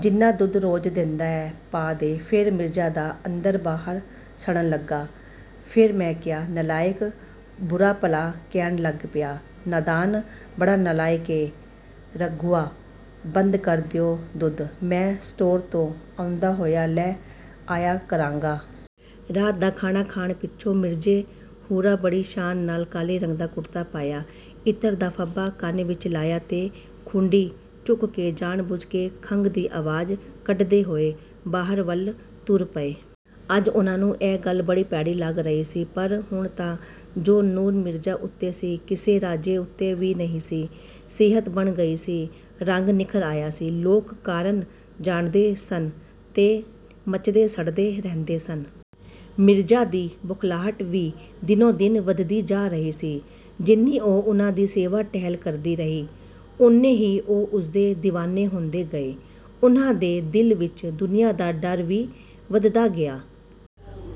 ਜਿੰਨਾ ਦੁੱਧ ਰੋਜ਼ ਦਿੰਦਾ ਐਂ, ਪਾ ਦੇ। "ਫੇਰ?" ਮਿਰਜ਼ਾ ਦਾ ਅੰਦਰ-ਬਾਹਰ ਸੜਨ ਲੱਗਾ। "ਫੇਰ ਮੈਂ ਕਿਹਾ, ਨਲਾਇਕ, ਬੁਰਾ-ਭਲਾ ਕਹਿਣ ਲੱਗ ਪਿਆ.." "ਨਾਦਾਨ! ਬੜਾ ਨਲਾਇਕ ਏਂ ਰਘੂਆ। ਬੰਦ ਕਰ ਦਿਓ ਦੁੱਧ। ਮੈਂ ਸਟੋਰ ਤੋਂ ਆਉਂਦਾ ਹੋਇਆ ਲੈ ਆਇਆ ਕਰਾਂਗਾ।" ਰਾਤ ਦਾ ਖਾਣਾ ਖਾਣ ਪਿੱਛੋਂ ਮਿਰਜ਼ੇ ਹੁਰਾਂ ਬੜੀ ਸ਼ਾਨ ਨਾਲ ਕਾਲੇ ਰੰਗ ਦਾ ਕੁੜਤਾ ਪਾਇਆ, ਇਤਰ ਦਾ ਫੰਬਾ ਕੰਨ ਵਿੱਚ ਲਾਇਆ ਤੇ ਖੁੰਡੀ ਚੁੱਕ ਕੇ ਜਾਣ-ਬੁੱਝ ਕੇ ਖੰਘ ਦੀ ਆਵਾਜ਼ ਕੱਢਦੇ ਹੋਏ ਬਾਹਰ ਵੱਲ ਤੁਰ ਪਏ। ਅੱਜ ਉਹਨਾਂ ਨੂੰ ਇਹ ਗੱਲ ਬੜੀ ਭੈੜੀ ਲੱਗ ਰਹੀ ਸੀ। ਪਰ ਹੁਣ ਤਾਂ ਜੋ ਨੂਰ ਮਿਰਜ਼ਾ ਉੱਤੇ ਸੀ, ਕਿਸੇ ਰਾਜੇ ਉੱਤੇ ਵੀ ਨਹੀਂ ਸੀ। ਸਿਹਤ ਬਣ ਗਈ ਸੀ, ਰੰਗ ਨਿੱਖਰ ਆਇਆ ਸੀ। ਲੋਕ ਕਾਰਨ ਜਾਣਦੇ ਸਨ ਤੇ ਮੱਚਦੇ-ਸੜਦੇ ਰਹਿੰਦੇ ਸਨ। ਮਿਰਜ਼ਾ ਦੀ ਬੋਖਲਾਹਟ ਵੀ ਦਿਨੋਂ-ਦਿਨ ਵਧਦੀ ਜਾ ਰਹੀ ਸੀ। ਜਿੰਨੀ ਉਹ ਉਹਨਾਂ ਦੀ ਸੇਵਾ-ਟਹਿਲ ਕਰਦੀ ਰਹੀ, ਓਨੇ ਹੀ ਉਹ ਉਸਦੇ ਦੀਵਾਨੇ ਹੁੰਦੇ ਗਏ। ਉਹਨਾਂ ਦੇ ਦਿਲ ਵਿੱਚ ਦੁਨੀਆ ਦਾ ਡਰ ਵੀ ਵਧਦਾ ਗਿਆ।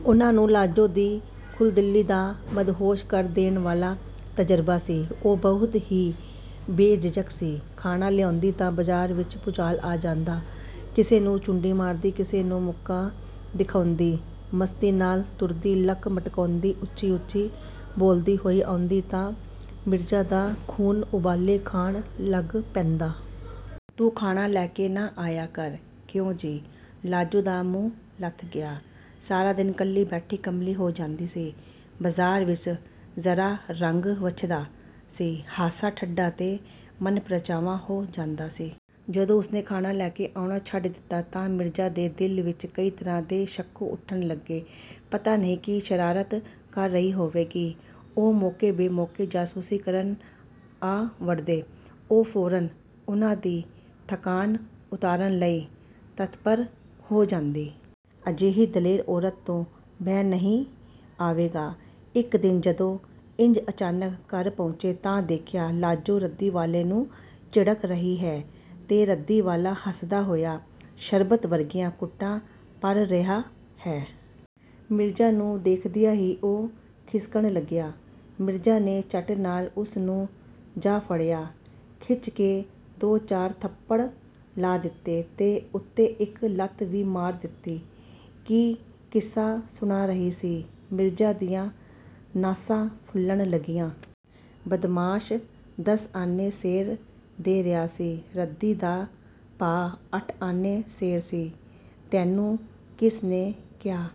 ਉਹਨਾਂ ਨੂੰ ਲਾਜੋ ਦੀ ਖੁੱਲ੍ਹਦਿਲੀ ਦਾ ਮਦਹੋਸ਼ ਕਰ ਦੇਣ ਵਾਲਾ ਤਜ਼ਰਬਾ ਸੀ। ਉਹ ਬਹੁਤ ਹੀ ਬੇਝਿਜਕ ਸੀ। ਖਾਣਾ ਲਿਆਉਂਦੀ ਤਾਂ ਬਾਜ਼ਾਰ ਵਿੱਚ ਭੂਚਾਲ ਆ ਜਾਂਦਾ। ਕਿਸੇ ਨੂੰ ਚੂੰਢੀ ਮਾਰਦੀ, ਕਿਸੇ ਨੂੰ ਮੁੱਕਾ ਦਿਖਾਉਂਦੀ, ਮਸਤੀ ਨਾਲ ਤੁਰਦੀ, ਲੱਕ ਮਟਕਾਉਂਦੀ, ਉੱਚੀ-ਉੱਚੀ ਬੋਲਦੀ ਹੋਈ ਆਉਂਦੀ ਤਾਂ ਮਿਰਜ਼ਾ ਦਾ ਖ਼ੂਨ ਉਬਾਲੇ ਖਾਣ ਲੱਗ ਪੈਂਦਾ। "ਤੂੰ ਖਾਣਾ ਲੈ ਕੇ ਨਾ ਆਇਆ ਕਰ।" "ਕਿਉਂ ਜੀ...?" ਲਾਜੋ ਦਾ ਮੂੰਹ ਲੱਥ ਗਿਆ। ਸਾਰਾ ਦਿਨ ਇਕੱਲੀ ਬੈਠੀ ਕਮਲੀ ਹੋ ਜਾਂਦੀ ਸੀ। ਬਾਜ਼ਾਰ ਵਿੱਚ ਜ਼ਰਾ ਰੰਗ ਵੱਝਦਾ ਸੀ, ਹਾਸਾ-ਠੱਠਾ ਤੇ ਮਨ-ਪ੍ਰਚਾਵਾ ਹੋ ਜਾਂਦਾ ਸੀ। ਜਦੋਂ ਉਸਨੇ ਖਾਣਾ ਲੈ ਕੇ ਆਉਣਾ ਛੱਡ ਦਿੱਤਾ ਤਾਂ ਮਿਰਜ਼ਾ ਦੇ ਦਿਲ ਵਿੱਚ ਕਈ ਤਰ੍ਹਾਂ ਦੇ ਸ਼ੰਕੇ ਉੱਠਣ ਲੱਗੇ। ਪਤਾ ਨਹੀਂ ਕੀ ਸ਼ਰਾਰਤ ਕਰ ਰਹੀ ਹੋਵੇਗੀ। ਉਹ ਮੌਕੇ-ਬੇਮੌਕੇ ਜਾਸੂਸੀ ਕਰਨ ਆ ਵੜਦੇ। ਉਹ ਫ਼ੌਰਨ ਉਹਨਾਂ ਦੀ ਥਕਾਣ ਉਤਾਰਨ ਲਈ ਤਤਪਰ ਹੋ ਜਾਂਦੀ। ਅਜਿਹੀ ਦਲੇਰ ਔਰਤ ਤੋਂ ਭੈ ਨਹੀਂ ਆਏਗਾ? ਇੱਕ ਦਿਨ, ਜਦੋਂ ਇੰਜ ਅਚਾਨਕ ਘਰ ਪਹੁੰਚੇ, ਤਾਂ ਦੇਖਿਆ ਲਾਜੋ ਰੱਦੀ ਵਾਲੇ ਨੂੰ ਝਿੜਕ ਰਹੀ ਹੈ ਤੇ ਰੱਦੀ ਵਾਲਾ ਹੱਸਦਾ ਹੋਇਆ ਸ਼ਰਬਤ ਵਰਗੀਆਂ ਘੁੱਟਾਂ ਭਰ ਰਿਹਾ ਹੈ। ਮਿਰਜ਼ਾ ਨੂੰ ਦੇਖਦਿਆਂ ਹੀ ਉਹ ਖਿਸਕਣ ਲੱਗਿਆ। ਮਿਰਜ਼ਾ ਨੇ ਝੱਟ ਨਾਲ ਉਸਨੂੰ ਜਾ ਫੜਿਆ, ਖਿੱਚ ਕੇ ਦੋ-ਚਾਰ ਥੱਪੜ ਲਾ ਦਿੱਤੇ ਤੇ ਉੱਤੋਂ ਇੱਕ ਲੱਤ ਵੀ ਮਾਰ ਦਿੱਤੀ। "ਕੀ ਕਿੱਸਾ ਸੁਣਾ ਰਹੀ ਸੀ?" ਮਿਰਜ਼ਾ ਦੀਆਂ ਨਾਸਾਂ ਫੁੱਲਣ ਲੱਗੀਆਂ। "ਬਦਮਾਸ਼, ਦਸ ਆਨੇ ਸੇਰ ਦੇ ਰਿਹਾ ਸੀ। ਰੱਦੀ ਦਾ ਭਾਅ ਅੱਠ ਆਨੇ ਸੇਰ ਸੀ। "ਤੈਨੂੰ ਕਿਸ ਨੇ ਕਿਹਾ?"